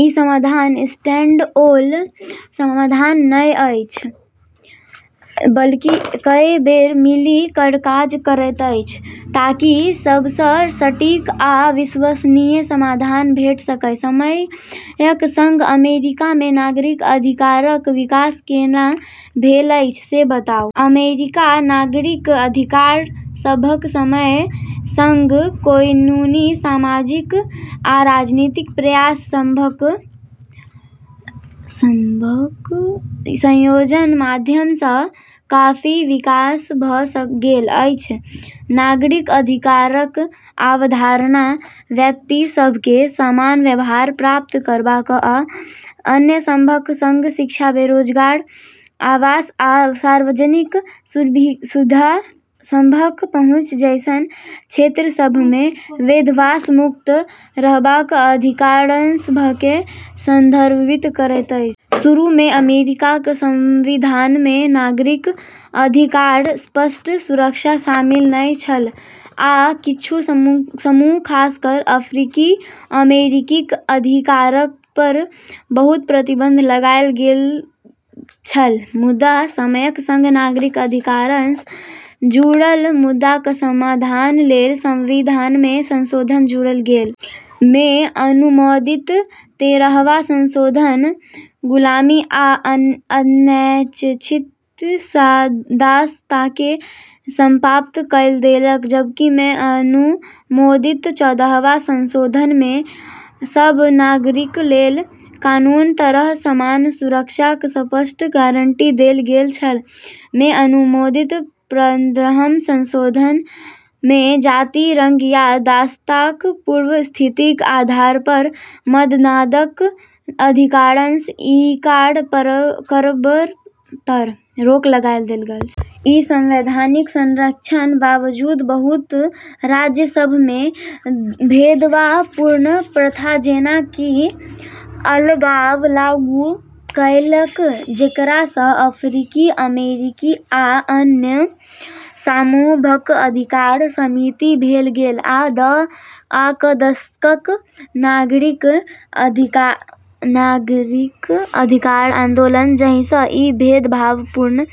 ई समाधान स्टैंडअलोन समाधान नहि अछि बल्कि कए बेर मिलि कऽ काज करैत अछि, ताकि सबसँ सटीक आ विश्वसनीय समाधान भेट सकए। समयक संग अमेरिकामे नागरिक अधिकारक विकास केना भेल अछि से बताउ। अमेरिकामे नागरिक अधिकार सभक समयक सँग कानूनी, सामाजिक आ राजनीतिक प्रयास सभक संयोजनक माध्यमसँ काफी विकास भऽ गेल अछि। नागरिक अधिकारक अवधारणा व्यक्तिसभकेँ समान व्यवहार प्राप्त करबाक आ अन्य सभक संग शिक्षा, रोजगार, आवास, आ सार्वजनिक सुविधा सभक पहुँच जैसन क्षेत्रसभमे भेदभावसँ मुक्त रहबाक अधिकारसभकेँ संदर्भित करैत अछि। शुरूमे अमेरिकाक संविधानमे नागरिक अधिकारक स्पष्ट सुरक्षा शामिल नहि छल, आ किछु समूह खास कऽ अफ्रीकी अमेरिकीक अधिकारपर बहुत प्रतिबंध लगाए देल गेल छल। मुदा समयक सँग नागरिक अधिकारसँ जुड़ल मुद्दाक समाधानलेल संविधानमे संशोधन जोड़ल गेलै। मे अनुमोदित तेरहवाँ संशोधन सँ गुलामी आ अनैच्छिक दासताकेँ समाप्त कइ देलक, जबकि मे अनुमोदित चौदहवाँ संशोधनमे सब नागरिकलेल कानूनक तहत समान सुरक्षाक स्पष्ट गारंटी देल गेल छल। मे अनुमोदित पन्द्रहम संशोधनमे जाति, रंग या दासताक पूर्व स्थितिक आधारपर मतदानक अधिकारसँ इंकार करबपर रोक लगाए देल गेल छल। ई संवैधानिक संरक्षणक बावजूद, बहुत राज्यसभमे भेदभावपूर्ण प्रथा, जेना कि अलगाव, लागू कएलक, जेकरासँ अफ्रीकी अमेरिकी आ अन्य समूहसभक अधिकार सीमित भऽ गेल। आ क दशकक नागरिक अधिकार आंदोलन, जाहिसँ ई भेदभावपूर्ण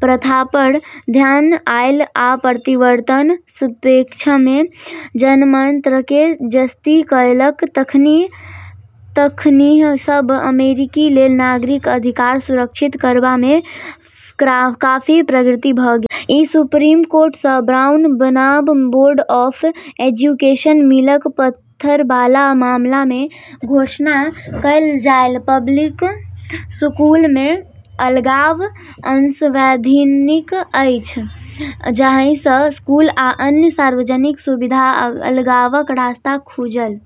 प्रथापर ध्यान आएल आ परिवर्तनक पक्षमे जनमतकेँ जस्ती कएलक, तखनहि सब अमेरिकी लेल नागरिक अधिकार सुरक्षित करबामे काफी प्रगति भऽ गेल। मे सुप्रीम कोर्ट सँ ब्राउन बनाम बोर्ड ऑफ एजुकेशनक मीलक पत्थरबाला मामलामे घोषणा कएलक जे पब्लिक स्कूलमे अलगाव असंवैधानिक अछि, जाहिसँ स्कूल आ अन्य सार्वजनिक सुविधाक अलगावक रास्ता खुजल।